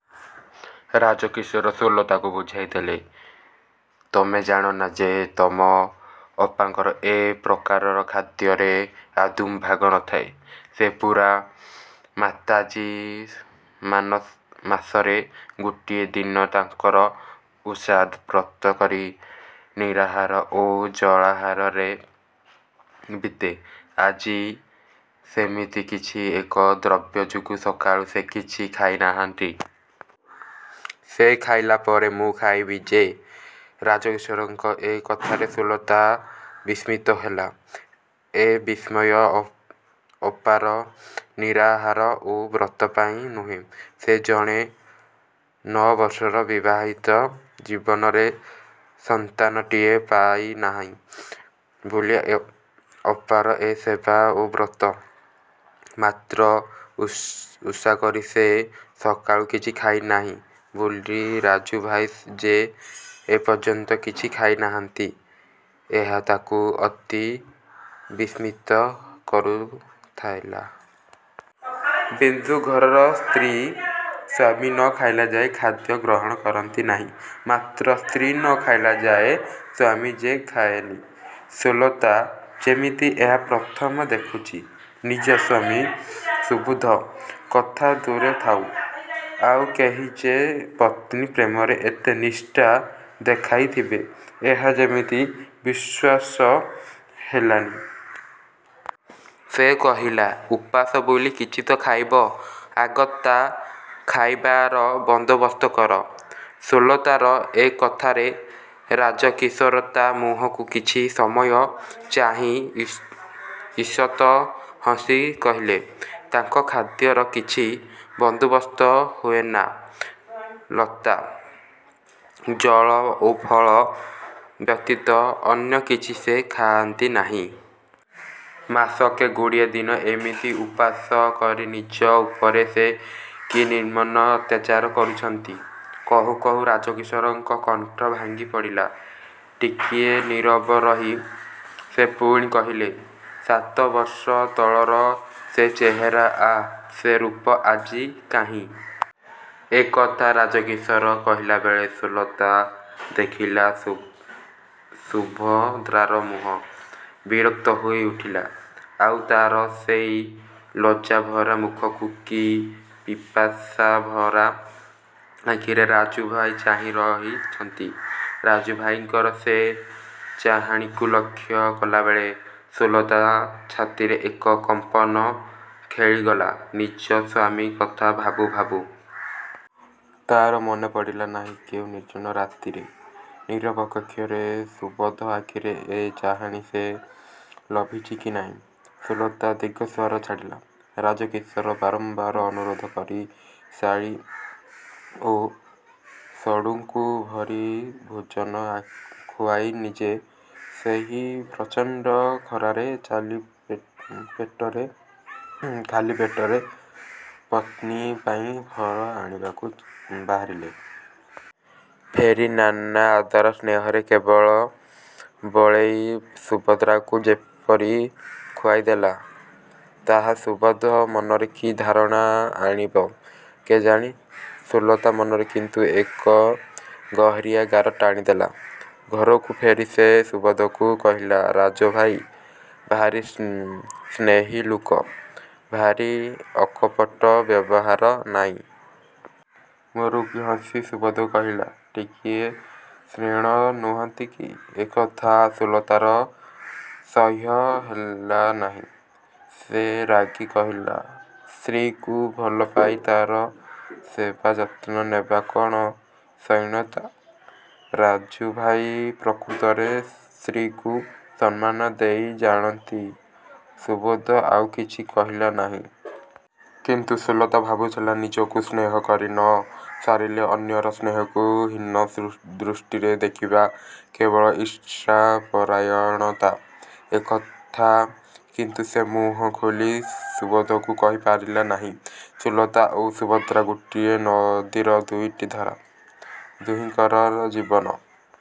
ରାଜକିଶୋର ସୁଲତାକୁ ବୁଝାଇଦେଲେ, "ତମେ ଜାଣନା ଯେ ତମ ଅପାଙ୍କର ଏ ପ୍ରକାର ଖାଦ୍ୟରେ ଆଦୌ ଭାଗ ନ ଥାଏ। ସେ ପୂରା ମାତାଜୀ ମାସରେ କୋଡ଼ିଏ ଦିନ ତାଙ୍କର ଓଷା ବ୍ରତ କରି ନିରାହାର ଓ ଜଳାହାରରେ ବିତେ। ଆଜି ସେମିତି କିଛି ଏକ ବ୍ରତ ଯୋଗୁ ସକାଳୁ ସେ କିଛି ଖାଇନାହାନ୍ତି। ସେ ଖାଇଲା ପରେ ମୁଁ ଖାଇବି ଯେ।"ରାଜକିଶୋରଙ୍କ ଏ କଥାରେ ସୁଲତା ବିସ୍ମିତ ହେଲା। ଏ ବିସ୍ମୟ ଅ ଅପାର ନିରାହାର ଓ ବ୍ରତ ପାଇଁ ନୁହେଁ। ସେ ଜାଣେ ନଅବର୍ଷର ବିବାହିତ ଜୀବନରେ ସନ୍ତାନଟିଏ ପାଇନାହିଁ ବୋଲି ଅପାର ଏ ସେବା ଓ ବ୍ରତ। ମାତ୍ର ଓସ ଓଷାକରି ସେ ସକାଳୁ କିଛି ଖାଇନାହିଁ ବୋଲି ରାଜୁଭାଇ ଯେ ଏପର୍ଯ୍ୟନ୍ତ କିଛି ଖାଇନାହାନ୍ତି, ଏହା ତାକୁ ଅତି ବିସ୍ମିତ କରୁଥାଲା। ହିନ୍ଦୁ ଘରର ସ୍ତ୍ରୀ ସ୍ଵାମୀ ନ ଖାଇଲାଯାଏ ଖାଦ୍ୟ ଗ୍ରହଣ କରନ୍ତି ନାହିଁ। ମାତ୍ର ସ୍ତ୍ରୀ ନ ଖାଇଲା ଯାଏ ସ୍ଵାମୀ ଯେ ଖାଏନି, ସୁଲତା ଯେମିତି ଏହା ପ୍ରଥମ ଦେଖୁଚି। ନିଜ ସ୍ଵାମୀ ସୁବୁଧ କଥା ଦୂରେଥାଉ, ଆଉ କେହି ଯେ ପତ୍ନୀ ପ୍ରେମରେ ଏତେ ନିଷ୍ଠା ଦେଖାଇଥିବେ ଏହା ଯେମିତି ବିଶ୍ଵାସ ହେଲାନି। ସେ କହିଲା, "ଉପାସ ବୋଲି କିଛି ତ ଖାଇବ, ଆଗ ତା' ଖାଇବାର ବନ୍ଦୋବସ୍ତ କର।"ସୁଲତାର ଏ କଥାରେ ରାଜକିଶୋର ତା' ମୁହଁକୁ କିଛି ସମୟ ଚାହିଁ ଈଷତ୍ ହସି କହିଲେ, "ତାଙ୍କ ଖାଦ୍ୟର କିଛି ବନ୍ଦୋବସ୍ତ ହୁଏନା ଲତା, ଜଳ ଓ ଫଳ ବ୍ୟତୀତ ଅନ୍ୟ କିଛି ସେ ଖାଆନ୍ତି ନାହିଁ। ମାସକେ କୋଡ଼ିଏ ଦିନ ଏମିତି ଓପାସ କରି ନିଜ ଉପରେ ସେ କି ନିର୍ମନ ଅତ୍ୟାଚାର ଚଳେଇଛନ୍ତି।"କହୁ କହୁ ରାଜକିଶୋରଙ୍କ କଣ୍ଠ ଭାଙ୍ଗି ପଡ଼ିଲା ଟିକିଏ ନୀରବ ରହି ସେ ପୁଣି କହିଲେ, "ସାତବର୍ଷ ତଳର ସେ ଚେହେରା ଆଃ ସେ ରୂପ ଆଜି କାହିଁ? "ଏକଥା ରାଜକିଶୋର କହିଲାବେଳେ ସୁଲତା ଦେଖିଲା ଶୁଭ ସୁଭଦ୍ରାର ମୁହଁ ବିରକ୍ତ ହୋଇ ଉଠିଲା। ଆଉ ତାର ସେଇ ଲଜ୍ଜାଭରା ମୁଖକୁ କି ପିପାଶାଭରା ଆଖିରେ ରାଜୁଭାଇ ଚାହିଁ ରହିଛନ୍ତି। ରାଜୁଭାଇଙ୍କର ସେ ଚାହାଣୀକୁ ଲକ୍ଷ୍ୟ କଲାବେଳେ ସୁଲତା ଛାତିରେ ଏକ କମ୍ପନ ଖେଳିଗଲା ନିଜ ସ୍ୱାମୀ କଥା ଭାବୁ ଭାବୁ। ତାର ମନେପଡ଼ିଲା ନାହିଁ କେଉଁ ନିର୍ଜନ ରାତିର ନୀରବ କକ୍ଷରେ ସୁବୋଧ ଆଖିର ଏ ଚାହାଣୀ ସେ ଲଭିଚି କି ନାଇଁ। ସୁଲତା ଦୀର୍ଘଶ୍ଵାସ ଛାଡ଼ିଲା। ରାଜକିଶୋର ବାରମ୍ବାର ଅନୁରୋଧ କରି ଶାଳୀ ଓ ଶଢ଼ୁଙ୍କୁ ଭୁରି ଭୋଜନ ଖୁଆଇ ନିଜେ ସେହି ପ୍ରଚଣ୍ଡ ଖରାରେ, ଚାଲି ପେଟରେ ଖାଲି ପେଟରେ ପତ୍ନୀ ପାଇଁ ଫଳ ଆଣିବାକୁ ବାହାରିଲେ। ଫେରି ନାନା ଆଦର ସ୍ନେହରେ ବଳେଇ ବଳେଇ ସୁଭଦ୍ରାକୁ ଯେପରି ଖୁଆଇଲେ, ତାହା ସୁବୋଧ ମନରେ କି ଧାରଣା ଆଣିଥିବ କେଜାଣି, ସୁଲତା ମନରେ କିନ୍ତୁ ଏକ ଗହୀରିଆ ଗାର ଟାଣି ଦେଲା। ଘରକୁ ଫେରି ସେ ସୁବୋଧକୁ କହିଲା, "ରାଜୁଭାଇ ଭାରି ସ୍ନେହୀ ଲୋକ, ଭାରି ଅକପଟ ବ୍ୟବହାର, ନାଇଁ? "ମୁରୁକି ହସି ସୁବୋଧ କହିଲା, "ଟିକିଏ ସ୍ତ୍ରୈଣ ନୁହନ୍ତି କି? "ଏକଥା ସୁଲତାର ସହ୍ୟ ହେଲା ନାହିଁ। ସେ ରାଗି କହିଲା, "ସ୍ତ୍ରୀକୁ ଭଲପାଇ ତାର ସେବାଯତ୍ନ ନେବା କ'ଣ ସ୍ତ୍ରୈଣତା? ରାଜୁଭାଇ ପ୍ରକୃତରେ ସ୍ତ୍ରୀକୁ ସମ୍ମାନ ଦେଇ ଜାଣନ୍ତି। " ସୁବୋଧ ଆଉ କିଛି କହିଲା ନାହିଁ। କିନ୍ତୁ ସୁଲତା ଭାବୁଥିଲା ନିଜକୁ ସ୍ନେହ କରି ନ ଆସିଲେ ଅନ୍ୟର ସ୍ନେହକୁ ହୀନ ଦୃଷ୍ଟିରେ ଦେଖିବା କେବଳ ଈର୍ଷାପରାୟଣତା, ଏକଥା କିନ୍ତୁ ସେ ମୁହଁ ଖୋଲି ସୁବୋଧକୁ କହିପାରିଲା ନାହିଁ। ସୁଲତା ଓ ସୁଭଦ୍ରା ଗୋଟିଏ ନଦୀର ଦୁଇଟି ଧାର! ଦୁହିଙ୍କର ଜୀବନ।